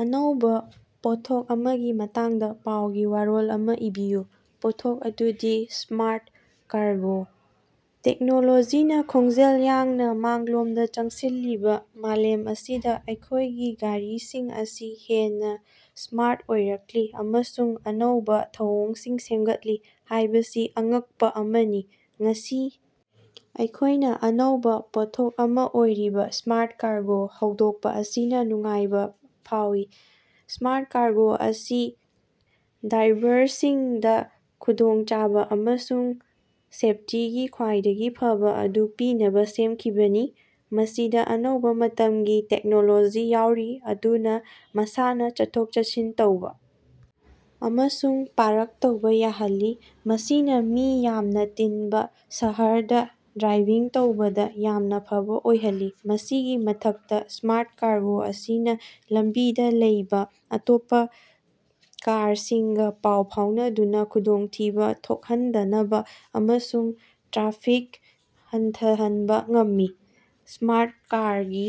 ꯑꯅꯧꯕꯥ ꯄꯣꯠꯊꯣꯛ ꯑꯃꯒꯤ ꯃꯇꯥꯡꯗ ꯄꯥꯎꯒꯤ ꯋꯥꯔꯣꯜ ꯑꯃ ꯏꯕꯤꯌꯨ꯫ ꯄꯣꯠꯊꯣꯛ ꯑꯗꯨꯗꯤ ꯁ꯭ꯃꯥꯔꯠ ꯀꯥꯔꯒꯣ꯫ ꯇꯦꯛꯅꯣꯂꯣꯖꯤꯅꯥ ꯈꯣꯡꯖꯦꯜ ꯌꯥꯡꯅ ꯃꯥꯡꯂꯣꯝꯗ ꯆꯪꯁꯤꯜꯂꯤꯕ ꯃꯥꯂꯦꯝ ꯑꯁꯤꯗ ꯑꯩꯈꯣꯏꯒꯤ ꯒꯥꯔꯤꯁꯤꯡ ꯑꯁꯤ ꯍꯦꯟꯅ ꯁ꯭ꯃꯥꯔꯠ ꯑꯣꯏꯔꯛꯂꯤ ꯑꯃꯁꯨꯡ ꯑꯅꯧꯕꯥ ꯊꯧꯑꯣꯡꯁꯤꯡ ꯁꯦꯝꯒꯠꯂꯤ ꯍꯥꯏꯕꯁꯤ ꯑꯉꯛꯄꯥ ꯑꯃꯅꯤ꯫ ꯉꯁꯤ ꯑꯩꯈꯣꯏꯅ ꯑꯅꯧꯕꯥ ꯄꯣꯠꯊꯣꯛ ꯑꯃ ꯑꯣꯏꯔꯤꯕ ꯁ꯭ꯃꯥꯔꯠ ꯀꯥꯔꯒꯣ ꯍꯧꯗꯣꯛꯄ ꯑꯁꯤꯅꯥ ꯅꯨꯡꯉꯥꯏꯕ ꯐꯥꯎꯏ ꯫ ꯁ꯭ꯃꯥꯔꯠ ꯀꯥꯔꯒꯣ ꯑꯁꯤ ꯗ꯭ꯔꯥꯏꯚꯔꯁꯤꯡꯗ ꯈꯨꯗꯣꯡꯆꯥꯕ ꯑꯃꯁꯨꯡ ꯁꯦꯐꯇꯤꯒꯤ ꯈ꯭ꯋꯥꯏꯗꯒꯤ ꯐꯕꯥ ꯑꯗꯨ ꯄꯤꯅꯕ ꯁꯦꯝꯈꯤꯕꯅꯤ꯫ ꯃꯁꯤꯗ ꯑꯅꯧꯕ ꯃꯇꯝꯒꯤ ꯇꯦꯛꯅꯣꯂꯣꯖꯤ ꯌꯥꯎꯔꯤ ꯃꯗꯨꯅ ꯃꯁꯥꯅ ꯆꯠꯊꯣꯛ-ꯆꯠꯁꯤꯟ ꯇꯧꯕ ꯑꯃꯁꯨꯡ ꯄꯥꯔꯛ ꯇꯧꯕ ꯌꯥꯍꯜꯂꯤ, ꯃꯁꯤꯅ ꯃꯤ ꯌꯥꯝꯅ ꯇꯤꯟꯕ ꯁꯍꯔꯗ ꯗ꯭ꯔꯥꯏꯚꯤꯡ ꯇꯧꯕꯗ ꯌꯥꯝꯅ ꯐꯕ ꯑꯣꯏꯍꯜꯂꯤ꯫ ꯃꯁꯤꯒꯤ ꯃꯊꯛꯇ ꯁ꯭ꯃꯥꯔꯠ ꯀꯥꯔꯒꯣ ꯑꯁꯤꯅ ꯂꯝꯕꯤꯗ ꯂꯩꯕ ꯑꯇꯣꯞꯄ ꯀꯥꯔꯁꯤꯡꯒ ꯄꯥꯎ ꯐꯥꯎꯅꯗꯨꯅ ꯈꯨꯗꯣꯡꯊꯤꯕ ꯊꯣꯛꯍꯟꯗꯅꯕ ꯑꯃꯁꯨꯡ ꯇ꯭ꯔꯥꯐꯤꯛ ꯍꯟꯊꯍꯟꯕ ꯉꯝꯃꯤ꯫ ꯁ꯭ꯃꯥꯔꯠ ꯀꯥꯔꯒꯤ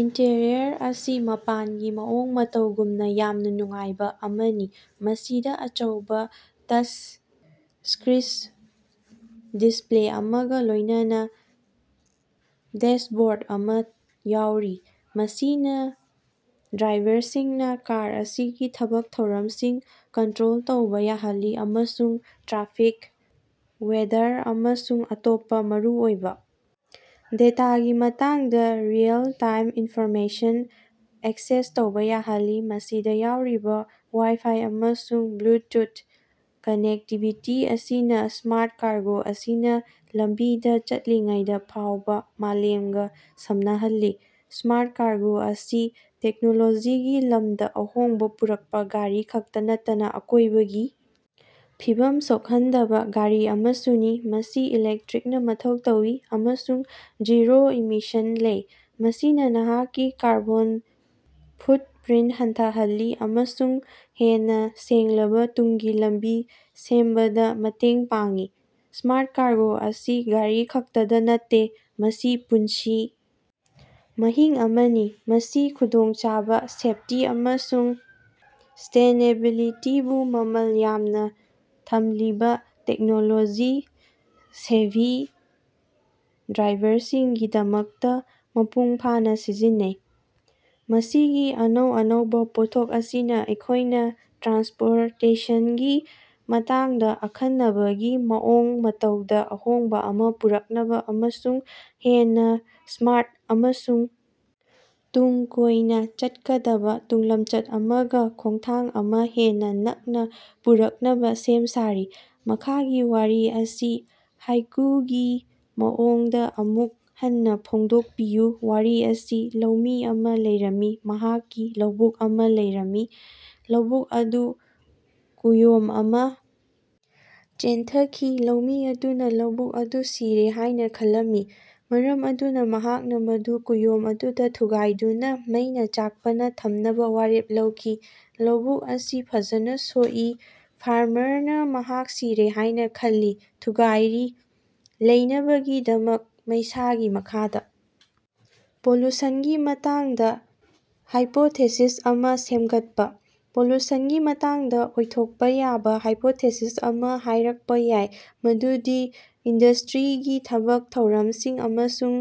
ꯏꯟꯇꯤꯔꯤꯌꯔ ꯑꯁꯤ ꯃꯄꯥꯟꯒꯤ ꯃꯑꯣꯡ ꯃꯇꯧꯒꯨꯝꯅ ꯌꯥꯝꯅ ꯅꯨꯡꯉꯥꯏꯕ ꯑꯃꯅꯤ꯫ ꯃꯁꯤꯗ ꯑꯆꯧꯕ ꯇꯆ ꯏꯁꯀ꯭ꯔꯤꯁ ꯗꯤꯁꯄꯂꯦ ꯑꯃꯒ ꯂꯣꯏꯅꯅ ꯗꯦꯁꯕꯣꯔ ꯑꯃ ꯌꯥꯎꯔꯤ, ꯃꯁꯤꯅ ꯗ꯭ꯔꯥꯏꯚꯔꯁꯤꯡꯅꯥ ꯀꯥꯔ ꯑꯁꯤꯒꯤ ꯊꯕꯛ ꯊꯧꯔꯝꯁꯤꯡ ꯀꯟꯇꯔꯣꯜ ꯇꯧꯕ ꯌꯥꯍꯜꯂꯤ ꯑꯃꯁꯨꯡ ꯇ꯭ꯔꯥꯐꯤꯛ, ꯋꯦꯗꯔ ꯑꯃꯁꯨꯡ ꯑꯇꯣꯞꯄ ꯃꯔꯨꯑꯣꯏꯕ ꯗꯦꯇꯥꯒꯤ ꯃꯇꯥꯡꯗ ꯔꯤꯑꯦꯜ-ꯇꯥꯏꯝ ꯏꯟꯐꯣꯔꯃꯦꯁꯟ ꯑꯦꯛꯁꯦꯁ ꯇꯧꯕ ꯌꯥꯍꯜꯂꯤ꯫ ꯃꯁꯤꯗ ꯌꯥꯎꯔꯤꯕ ꯋꯥꯏ-ꯐꯥꯏ ꯑꯃꯁꯨꯡ ꯕ꯭ꯂꯨꯇꯨꯊ ꯀꯅꯦꯛꯇꯤꯕꯤꯇꯤ ꯑꯁꯤꯅ ꯁ꯭ꯃꯥꯔꯠ ꯀꯥꯔꯒꯣ ꯑꯁꯤꯅ ꯂꯝꯕꯤꯗ ꯆꯠꯂꯤꯉꯩꯗ ꯐꯥꯎꯕ ꯃꯥꯂꯦꯝꯒ ꯁꯝꯅꯍꯜꯂꯤ꯫ ꯁ꯭ꯃꯥꯔꯠ ꯀꯥꯔꯒꯣ ꯑꯁꯤ ꯇꯦꯛꯅꯣꯂꯣꯖꯤꯒꯤ ꯂꯝꯗ ꯑꯍꯣꯡꯕ ꯄꯨꯔꯛꯄ ꯒꯥꯔꯤ ꯈꯛꯇ ꯅꯠꯇꯅ ꯑꯀꯣꯏꯕꯒꯤ ꯐꯤꯕꯝ ꯁꯣꯛꯍꯟꯗꯕ ꯒꯥꯔꯤ ꯑꯃꯁꯨꯅꯤ꯫ ꯃꯁꯤ ꯏꯂꯦꯛꯇꯔꯤꯛꯅ ꯃꯊꯧ ꯇꯧꯏ ꯑꯃꯁꯨꯡ ꯖꯤꯔꯣ ꯏꯃꯤꯁꯟ ꯂꯩ, ꯃꯁꯤꯅ ꯅꯍꯥꯛꯀꯤ ꯀꯥꯔꯕꯣꯟ ꯐꯨꯠꯄꯔꯤꯟꯇ ꯍꯟꯊꯍꯜꯂꯤ ꯑꯃꯁꯨꯡ ꯍꯦꯟꯅ ꯁꯦꯡꯂꯕ ꯇꯨꯡꯒꯤ ꯂꯝꯕꯤ ꯁꯦꯝꯕꯗ ꯃꯇꯦꯡ ꯄꯥꯡꯏ꯫ ꯁ꯭ꯃꯥꯔꯠ ꯀꯥꯔꯒꯣ ꯑꯁꯤ ꯒꯥꯔꯤ ꯈꯛꯇꯒꯤ ꯅꯠꯇꯦ, ꯃꯁꯤ ꯄꯨꯟꯁꯤ ꯃꯍꯤꯡ ꯑꯃꯅꯤ꯫ ꯃꯁꯤ ꯈꯨꯗꯣꯡꯆꯥꯕ, ꯁꯦꯐꯇꯤ, ꯑꯃꯁꯨꯡ ꯁꯁ꯭ꯇꯦꯅꯦꯕꯤꯂꯤꯇꯤꯕꯨ ꯃꯃꯜ ꯌꯥꯝꯅꯥ ꯊꯝꯂꯤꯕꯥ ꯇꯦꯛꯅꯣꯂꯣꯖꯤ-ꯁꯦꯚꯤ ꯗ꯭ꯔꯥꯏꯚꯔꯁꯤꯡꯒꯤꯗꯃꯛꯇ ꯃꯄꯨꯡ ꯐꯥꯅ ꯁꯤꯖꯤꯟꯅꯩ꯫ ꯃꯁꯤꯒꯤ ꯑꯅꯧ ꯑꯅꯧꯕ ꯄꯣꯠꯊꯣꯛ ꯑꯁꯤꯅ ꯑꯩꯈꯣꯏꯅ ꯇ꯭ꯔꯥꯟꯁꯄꯣꯔꯇꯦꯁꯟꯒꯤ ꯃꯇꯥꯡꯗ ꯑꯈꯟꯅꯕꯒꯤ ꯃꯑꯣꯡ ꯃꯇꯧꯗ ꯑꯍꯣꯡꯕ ꯑꯃ ꯄꯨꯔꯛꯅꯕ ꯑꯃꯁꯨꯡ ꯍꯦꯟꯅ ꯁ꯭ꯃꯥꯔꯠ ꯑꯃꯁꯨꯡ ꯇꯨꯡ ꯀꯣꯏꯅ ꯆꯠꯀꯗꯕ ꯇꯨꯡꯂꯝꯆꯠ ꯑꯃꯒ ꯈꯣꯡꯊꯥꯡ ꯑꯃ ꯍꯦꯟꯅ ꯅꯛꯅ ꯄꯨꯔꯛꯅꯕ ꯁꯦꯝ ꯁꯥꯔꯤ꯫ ꯃꯈꯥꯒꯤ ꯋꯥꯔꯤ ꯑꯁꯤ ꯍꯥꯏꯀꯨꯒꯤ ꯃꯑꯣꯡꯗ ꯑꯃꯨꯛ ꯍꯟꯅ ꯐꯣꯡꯗꯣꯛꯄꯤꯌꯨ꯫ ꯋꯥꯔꯤ ꯑꯁꯤ ꯂꯧꯃꯤ ꯑꯃ ꯂꯩꯔꯝꯃꯤ, ꯃꯍꯥꯛꯀꯤ ꯂꯧꯕꯨꯛ ꯑꯃ ꯂꯩꯔꯝꯃꯤ꯫ ꯂꯧꯕꯨꯛ ꯑꯗꯨ ꯀꯨꯌꯣꯝ ꯑꯃ ꯆꯦꯟꯊꯈꯤ꯫ ꯂꯧꯃꯤ ꯑꯗꯨꯅ ꯂꯧꯕꯨꯛ ꯑꯗꯨ ꯁꯤꯔꯦ ꯍꯥꯏꯅ ꯈꯜꯂꯝꯃꯤ, ꯃꯔꯝ ꯑꯗꯨꯅ ꯃꯍꯥꯛꯅ ꯃꯗꯨ ꯀꯨꯌꯣꯝ ꯑꯗꯨꯗ ꯊꯨꯒꯥꯏꯗꯨꯅ ꯃꯩꯅꯥ ꯆꯥꯛꯄꯅ ꯊꯝꯅꯕ ꯋꯥꯔꯦꯞ ꯂꯧꯈꯤ꯫ ꯂꯧꯕꯨꯛ ꯑꯁꯤ ꯐꯖꯅ ꯁꯣꯛꯏ, ꯐꯥꯔꯃꯔꯅ ꯃꯍꯥꯛ ꯁꯤꯔꯦ ꯍꯥꯏꯅ ꯈꯜꯂꯤ, ꯊꯨꯒꯥꯏꯔꯤ, ꯂꯩꯅꯕꯒꯤꯗꯃꯛ ꯃꯩꯁꯥꯒꯤ ꯃꯈꯥꯗ꯫ ꯄꯣꯂꯨꯁꯟꯒꯤ ꯃꯇꯥꯡꯗ ꯍꯥꯏꯄꯣꯇꯦꯁꯤꯁ ꯑꯃ ꯁꯦꯝꯒꯠꯄ꯫ ꯄꯣꯂꯨꯁꯟꯒꯤ ꯃꯇꯥꯡꯗ ꯑꯣꯏꯊꯣꯛꯄꯥ ꯌꯥꯕꯥ ꯍꯥꯏꯄꯣꯊꯦꯁꯤꯁ ꯑꯃꯅ ꯍꯥꯏꯔꯛꯄ ꯌꯥꯏ ꯃꯗꯨꯗꯤ ꯏꯟꯗꯁ꯭ꯠꯔꯤꯒꯤ ꯊꯕꯛ ꯊꯧꯔꯝꯁꯤꯡ ꯑꯃꯁꯨꯡ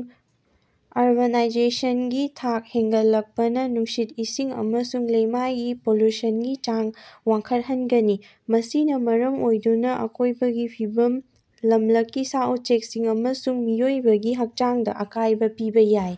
ꯑꯔꯕꯥꯅꯥꯏꯖꯦꯁꯟꯒꯤ ꯊꯥꯛ ꯍꯦꯟꯒꯠꯂꯛꯄꯅ ꯅꯨꯡꯁꯤꯠ, ꯏꯁꯤꯡ ꯑꯃꯁꯨꯡ ꯂꯩꯃꯥꯏꯒꯤ ꯄꯣꯂꯨꯁꯟꯒꯤ ꯆꯥꯡ ꯋꯥꯡꯈꯠꯍꯟꯒꯅꯤ, ꯃꯁꯤꯅꯥ ꯃꯔꯝ ꯑꯣꯏꯗꯨꯅꯥ ꯑꯀꯣꯏꯕꯒꯤ ꯐꯤꯕꯝ, ꯂꯝꯂꯛꯀꯤ ꯁꯥ-ꯎꯆꯦꯛꯁꯤꯡ ꯑꯃꯁꯨꯡ ꯃꯤꯑꯣꯏꯕꯒꯤ ꯍꯛꯆꯥꯡꯗ ꯑꯀꯥꯏꯕ ꯄꯤꯕ ꯌꯥꯏ꯫